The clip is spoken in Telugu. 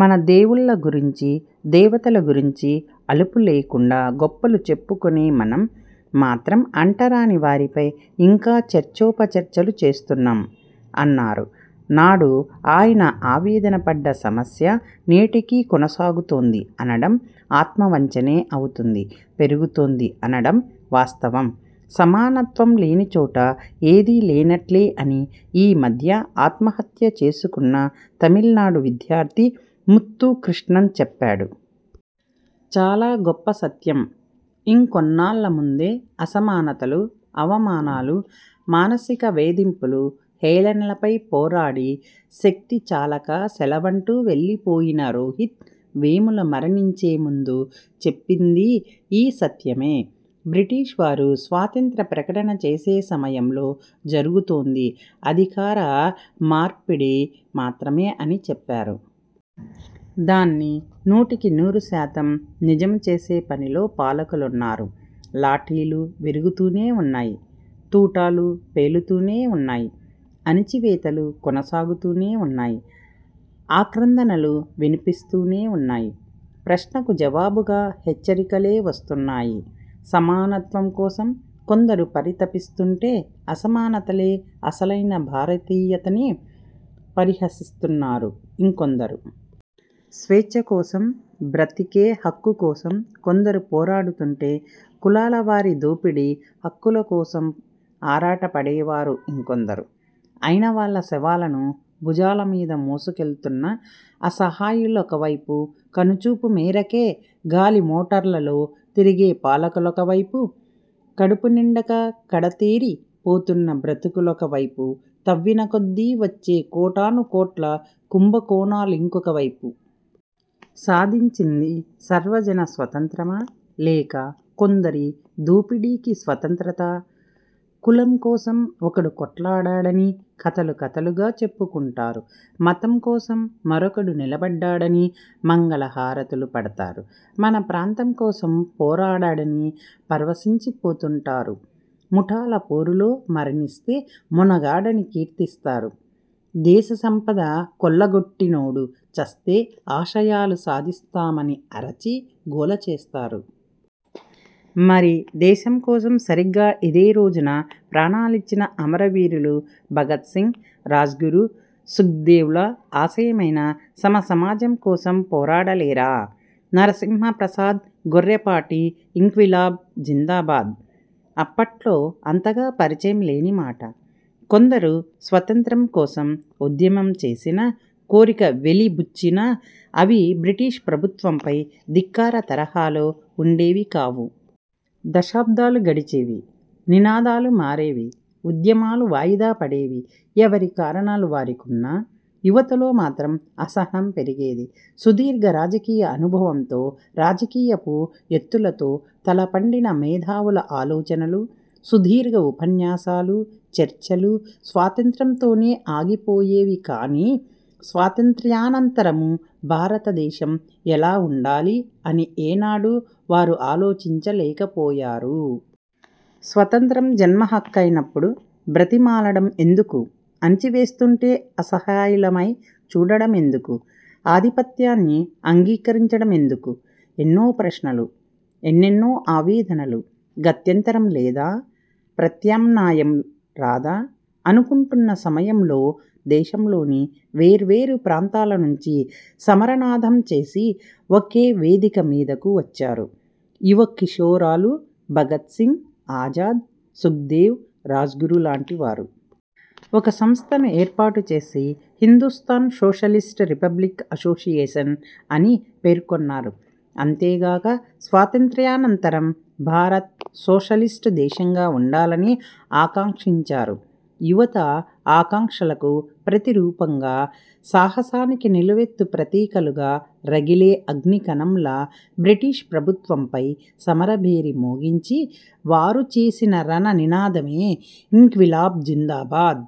మన దేవుళ్ళ గురించి, దేవతల గురించి అలుపు లేకుండా గొప్పలు చెప్పుకునే మనం మాత్రం అంటరాని వారిపై ఇంకా చర్చోపచర్చలు చేస్తున్నాం'' అన్నారు. నాడు ఆయన ఆవేదన పడ్డ సమస్య నేటికి కొనసాగుతోంది అనడం ఆత్మవంచనే అవుతుంది పెరుగుతోంది అనడం వాస్తవం. సమానత్వం లేని చోట ఏదీ లేనట్లే అని ఈ మధ్య ఆత్మహత్య చేసుకున్న తమిళనాడు విద్యార్థి ముత్తుకృష్ణన్ చెప్పాడు. చాలా గొప్ప సత్యం. ఇంకొన్నాళ్ళ ముందే అసమానతలు, అవమానాలు, మానసిక వేధింపులు, హేళనలపై పోరాడి, శక్తి చాలక సెలవంటూ వెళ్ళిపోయిన రోహిత్ వేముల మరణించే ముందు చెప్పిందీ ఈ సత్యమే. బ్రిటీష్ వారు స్వాతంత్య్ర ప్రకటన చేసే సమయంలో జరుగుతోంది అధికార మార్పిడి మాత్రమే అని చెప్పారు. దాన్ని నూటికి నూరు శాతం నిజం చేసే పనిలో పాలకులున్నారు. లాఠీలు విరుగుతూనే ఉన్నాయ్. తూటాలు పేలుతూనే ఉన్నాయ్. అణచివేతలు కొనసాగుతూనే ఉన్నాయ్. ఆక్రందనలు వినిపిస్తూనే ఉన్నాయ్. ప్రశ్నకు జవాబుగా హెచ్చరికలే వస్తున్నాయి. సమానత్వం కోసం కొందరు పరితపిస్తుంటే అసమానతలే అసలైన భారతీయతని పరిహసిస్తున్నారు ఇంకొందరు. స్వేచ్ఛ కోసం బ్రతికే హక్కు కోసం కొందరు పోరాడుతుంటే కులాలవారి దోపిడీ హక్కుల కోసం ఆరాటపడే వారు ఇంకొందరు. అయిన వాళ్ళ శవాలను భుజాలమీద మోసుకెళ్తున్న అసహాయులొకవైపు, కనుచూపు మేరకే గాలి మోటార్లలో తిరిగే పాలకులొకవైపు. కడుపునిండక కడతేరి పోతున్న బ్రతుకులొకవైపు, తవ్విన కొద్దీ వచ్చే కోటానుకోట్ల కుంభకోణాలింకొక వైపు. సాధించింది సర్వజన స్వతంత్రమా లేక కొందరి దోపిడీకి స్వతంత్రతా? కులం కోసం ఒకడు కొట్లాడాడని కథలు కథలుగా చెప్పుకుంటారు. మతం కోసం మరొకడు నిలబడ్డాడని మంగళహారతులు పడతారు. మన ప్రాంతం కోసం పోరాడాడని పరవశించిపోతుంటారు. ముఠాల పోరులో మరణిస్తే మొనగాడని కీర్తిస్తారు. దేశ సంపద కొల్లగొట్టినోడు చస్తే ఆశయాలు సాధిస్తామని అరచి గోల చేస్తారు. మరి దేశం కోసం సరిగ్గా ఇదే రోజున ప్రాణాలిచ్చిన అమర వీరులు భగత్సింగ్, రాజ్గురు, సుఖ్దేవ్ల ఆశయమైన సమసమాజం కోసం పోరాడలేరా? నరసింహ ప్రసాద్ గొర్రెపాటి ఇంక్విలాబ్ జిందాబాద్. అప్పట్లో అంతగా పరిచయం లేని మాట. కొందరు స్వతంత్రం కోసం ఉద్యమం చేసినా, కోరిక వెలిబుచ్చినా, అవి బ్రిటిష్ ప్రభుత్వంపై ధిక్కార తరహాలో ఉండేవి కావు. దశాబ్దాలు గడిచేవి. నినాదాలు మారేవి. ఉద్యమాలు వాయిదా పడేవి. ఎవరి కారణాలు వారికున్నా, యువతలో మాత్రం అసహనం పెరిగేది. సుదీర్ఘ రాజకీయ అనుభవంతో రాజకీయపు ఎత్తులతో తలపండిన మేధావుల ఆలోచనలు, సుదీర్ఘ ఉపన్యాసాలు, చర్చలు, స్వాతంత్ర్యంతోనే ఆగిపోయేవి కాని స్వాతంత్ర్యానంతరం భారతదేశం ఎలా ఉండాలి అని ఏనాడూ వారు ఆలోచించలేకపోయారు. స్వతంత్రం జన్మహక్కైనప్పుడు బ్రతిమాలడం ఎందుకు? అణచివేస్తుంటే అసహాయులమై చూడడమెందుకు? ఆధిపత్యాన్ని అంగీకరించడమెందుకు? ఎన్నో ప్రశ్నలు. ఎన్నెన్నో ఆవేదనలు. గత్యంతరం లేదా? ప్రత్యామ్నాయం రాదా? అనుకుంటున్న సమయంలో దేశంలోని వేర్వేరు ప్రాంతాల నుంచి సమరనాదం చేసి ఒకే వేదిక మీదకు వచ్చారు యువకిశోరాలు భగత్సింగ్, ఆజాద్, సుఖ్దేవ్, రాజ్గురు లాంటి వారు. ఒక సంస్థను ఏర్పాటు చేసి హిందుస్థాన్ సోషలిస్ట్ రిపబ్లిక్ అసోసియేషన్ అని పేర్కొన్నారు. అంతేగాక స్వాతంత్య్రానంతరం భారత్ సోషలిస్ట్ దేశంగా ఉండాలని ఆకాంక్షించారు. యువత ఆకాంక్షలకు ప్రతిరూపంగా సాహసానికి నిలువెత్తు ప్రతీకలుగా రగిలే అగ్నికణంలా బ్రిటిష్ ప్రభుత్వంపై సమరభేరి మోగించి వారు చేసిన రణ నినాదమే ఇంక్విలాబ్ జిందాబాద్.